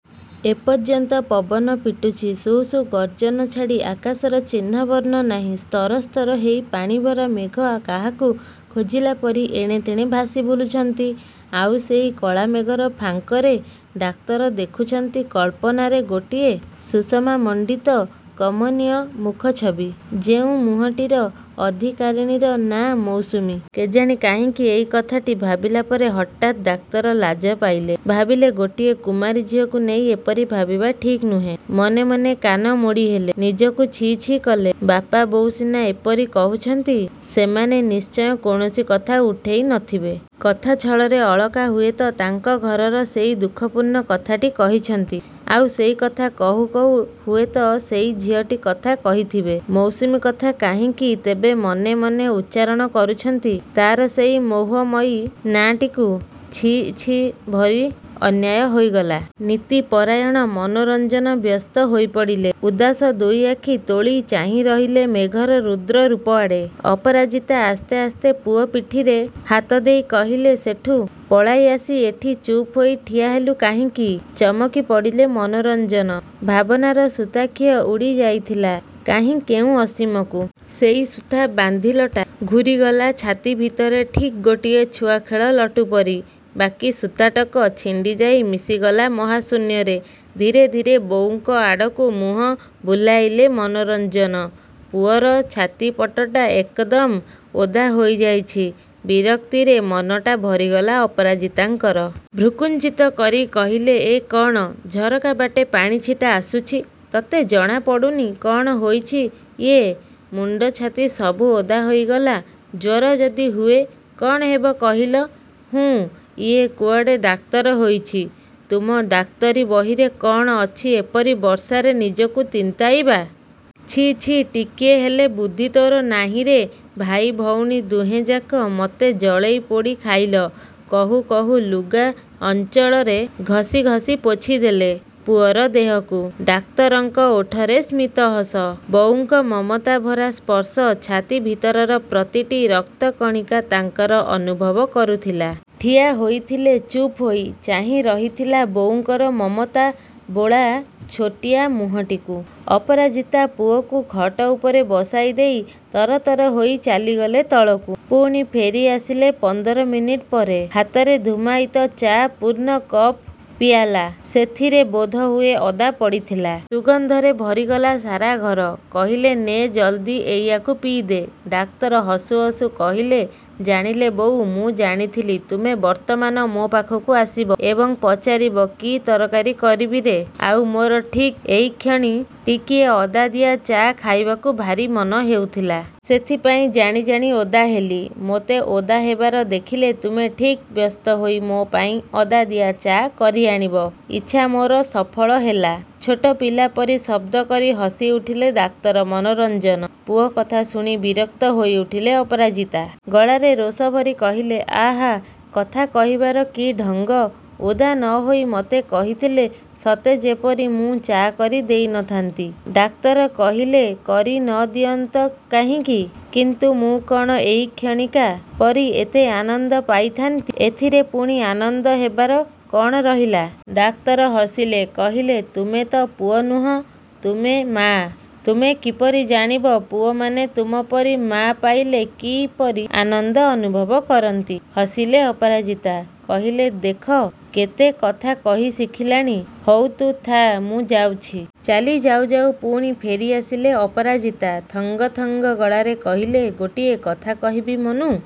ଏପର୍ଯ୍ୟନ୍ତ ପବନ ପିଟୁଛି। ସୁ, ସୁ, ଗର୍ଜନ ଛାଡ଼ି। ଆକାଶର ଚିହ୍ନ ବର୍ଣ୍ଣ ନାହିଁ। ସ୍ତର ସ୍ତର ହୋଇ ପାଣିଭରା ମେଘ କାହାକୁ ଖୋଜିଲାପରି ଏଣେତେଣେ ଭାସି ବୁଲୁଛନ୍ତି। ଆଉ ସେଇ କଳାମେଘର ଫାଙ୍କରେ ଡାକ୍ତର ଦେଖୁଛନ୍ତି କଳ୍ପନାରେ ଗୋଟିଏ ସୁଷମାମଣ୍ଡିତ କମନୀୟ ମୁଖଛବି। ଯେଉଁ ମୁହଁଟିର ଅଧିକାରିଣୀର ନାଆଁ ମୌସୁମୀ। କେଜାଣି କାହିଁକି ଏଇ କଥାଟି ଭାବିଲାପରେ ହଠାତ୍ ଡାକ୍ତର ଲାଜ ପାଇଲେ। ଭାବିଲେ ଗୋଟିଏ କୁମାରୀ ଝିଅକୁ ନେଇ ଏପରି ଭାବିବା ଠିକ୍ ନୁହେଁ। ମନେ ମନେ କାନ ମୋଡ଼ିହେଲେ। ନିଜକୁ ଛି ଛି କଲେ। ବାପା ବୋଉ ସିନା ଏପରି କହୁଛନ୍ତି। ସେମାନେ ନିଶ୍ଚୟ କୌଣସି କଥା ଉଠାଇନଥିବେ। କଥାଛଳରେ ଅଳକା ହୁଏତ ତାଙ୍କ ଘରର ସେଇ ଦୁଃଖପୂର୍ଣ୍ଣ କଥାଟି କହିଛନ୍ତି। ଆଉ ସେଇ କଥା କହୁ କହୁ ହୁଏତ ସେଇ ଝିଅଟି କଥା କହିଥିବେ। ମୌସୁମୀ କଥା କାହିଁକି ତେବେ ମନେ ମନେ ଉଚ୍ଚାରଣ କରୁଛନ୍ତି ତା'ର ସେଇ ମୌହମୟୀ ନାଁଟିକୁ। ଛି ଛି, ଭାରି ଅନ୍ୟାୟ ହୋଇଗଲା। ନୀତିପରାୟଣ ମନୋରଞ୍ଜନ ବ୍ୟସ୍ତ ହୋଇପଡ଼ିଲେ। ଉଦାସ ଦୁଇଆଖି ତୋଳି ଚାହିଁରହିଲେ ମେଘର ରୁଦ୍ର ରୂପଆଡ଼େ। ଅପରାଜିତା ଆସ୍ତେ ଆସ୍ତେ ପୁଅ ପିଠିରେ ହାତଦେଇ କହିଲେ ସେଠୁ ପଳାଇଆସି ଏଠି ଚୁପ୍ ହୋଇ ଠିଆ ହେଲୁ କାହିଁକି? ଚମକିପଡ଼ିଲେ ମନୋରଞ୍ଜନ। ଭାବନାର ସୁତାଖିଅ ଉଡ଼ିଯାଇଥିଲା କାହିଁ କେଉଁ ଅସୀମକୁ। ସେଇ ସୁତା ବନ୍ଧିଲଟା ଘୂରିଗଲା ଛାତିଭିତରେ ଠିକ୍ ଗୋଟିଏ ଛୁଆ ଖେଳ ଲଟୁ ପରି। ବାକି ସୁତାଟକ ଛିଣ୍ଡିଯାଇ ମିଶିଗଲା ମହାଶୂନ୍ୟରେ। ଧୀରେ ଧୀରେ ବୋଉଙ୍କ ଆଡ଼କୁ ମୁହଁ ବୁଲାଇଲେ ମନୋରଞ୍ଜନ। ପୁଅର ଛାତି ପଟଟା ଏକଦମ୍ ଓଦା ହୋଇଯାଇଛି। ବିରକ୍ତିରେ ମନଟା ଭରିଗଲା ଅପରାଜିତାଙ୍କର। ଭ୍ରୂକୁଞ୍ଚିତ କରି କହିଲେ ଏ କ'ଣ? ଝରକାବାଟେ ପାଣି ଛିଟା ଆସୁଛି। ତତେ ଜଣାପଡ଼ୁନି? କ'ଣ ହୋଇଛି ଇଏ? ମୁଣ୍ଡ, ଛାତି ସବୁ ଓଦା ହୋଇଗଲା। ଜ୍ୱର ଯଦି ହୁଏ କ'ଣ ହେବ କହିଲ? ହୁଁ, ଇଏ କୁଆଡ଼େ ଡାକ୍ତର ହୋଇଛି। ତୁମ ଡାକ୍ତରି ବହିରେ କ'ଣ ଅଛି ଏପରି ବର୍ଷାରେ ନିଜକୁ ତିନ୍ତାଇବା। ଛି ଛି, ଟିକିଏ ହେଲେ ବୁଦ୍ଧି ତୋର ନାହିଁରେ? ଭାଇ ଭଉଣୀ ଦୁହେଁଯାକ ମୋତେ ଜଳେଇପୋଡ଼ି ଖାଇଲ। କହୁ କହୁ ଲୁଗା ଅଞ୍ଚଳରେ ଘସି ଘସି ପୋଛିଦେଲେ ପୁଅର ଦେହକୁ। ଡାକ୍ତରଙ୍କ ଓଠରେ ସ୍ମିତ ହସ। ବୋଉଙ୍କ ମମତା ଭରା ସ୍ପର୍ଶ ଛାତି ଭିତରର ପ୍ରତିଟି ରକ୍ତକଣିକା ତାଙ୍କର ଅନୁଭବ କରୁଥିଲା। ଠିଆ ହୋଇଥିଲେ ଚୁପ୍ ହୋଇ। ଚାହିଁ ରହିଥିଲେ ବୋଉଙ୍କର ମମତା ବୋଳା ଛୋଟିଆ ମୁହଁଟିକୁ। ଅପରାଜିତା ପୁଅକୁ ଖଟ ଉପରେ ବସାଇଦେଇ ତରତର ହୋଇ ଚାଲିଗଲେ ତଳକୁ। ପୁଣି ଫେରିଆସିଲେ ପନ୍ଦର ମିନିଟ୍ ପରେ। ହାତରେ ଧୂମାୟିତ ଚା ପୂର୍ଣ୍ଣ କପ୍ ପିଆଲା। ସେଥିରେ ବୋଧହୁଏ ଅଦା ପଡ଼ିଥିଲା। ସୁଗନ୍ଧରେ ଭରିଗଲା ସାରା ଘର। କହିଲେ ନେ ଜଲଦି ଏଇଆକୁ ପିଇଦେ। ଡାକ୍ତର ହସୁ ହସୁ କହିଲେ ଜାଣିଲେ ବୋଉ, ମୁଁ ଜାଣିଥିଲି। ତୁମେ ବର୍ତ୍ତମାନ ମୋ ପାଖକୁ ଆସିବ। ଏବଂ ପଚାରିବ କି ତରକାରୀ କରିବିରେ! ଆଉ ମୋର ଠିକ୍ ଏଇକ୍ଷଣି ଟିକିଏ ଅଦାଦିଆ ଚା ଖାଇବାକୁ ଭାରି ମନହେଉଥିଲା। ସେଥିପାଇଁ ଜାଣି ଜାଣି ଓଦା ହେଲି। ମୋତେ ଓଦା ହେବାର ଦେଖିଲେ ତୁମେ ଠିକ୍ ବ୍ୟସ୍ତହୋଇ ମୋ ପାଇଁ ଅଦାଦିଆ ଚା କରିଆଣିବ। ଇଚ୍ଛା ମୋର ସଫଳ ହେଲା। ଛୋଟ ପିଲା ପରି ଶବ୍ଦ କରି ହସିଉଠିଲେ ଡାକ୍ତର ମନୋରଞ୍ଜନ। ପୁଅ କଥା ଶୁଣି ବିରକ୍ତ ହୋଇଉଠିଲେ ଅପରାଜିତା। ଗଳାରେ ରୋଷଭରି କହିଲେ–ଆହାଃ, କଥା କହିବାର କି ଢଙ୍ଗ! ଓଦା ନହୋଇ ମୋତେ କହିଥିଲେ ସତେଯେପରି ମୁଁ ଚା କରି ଦେଇନଥାନ୍ତି। ଡାକ୍ତର କହିଲେ କରି ନଦିଅନ୍ତ କାହିଁକି? କିନ୍ତୁ ମୁଁ କ'ଣ ଏଇକ୍ଷଣିକା ପରି ଏତେ ଆନନ୍ଦ ପାଇଥାନ୍ତି। ଏଥିରେ ପୁଣି ଆନନ୍ଦ ହେବାର କ'ଣ ରହିଲା? ଡାକ୍ତର ହସିଲେ, କହିଲେ ତୁମେ ତ ପୁଅ ନୁହଁ। ତୁମେ ମାଆ। ତୁମେ କିପରି ଜାଣିବ ପୁଅମାନେ ତୁମ ପରି ମାଆ ପାଇଲେ କିପରି ଆନନ୍ଦ ଅନୁଭବ କରନ୍ତି। ହସିଲେ ଅପରାଜିତା। କହିଲେ ଦେଖ, କେତେ କଥା କହି ଶିଖିଲାଣି। ହଉ ତୁ ଥାଆ, ମୁଁ ଯାଉଛି। ଚାଲି ଯାଉ ଯାଉ ପୁଣି ଫେରିଆସିଲେ ଅପରାଜିତା। ଥଙ୍ଗ ଥଙ୍ଗ ଗଳାରେ କହିଲେ, ଗୋଟିଏ କଥା କହିବି ମନୁ?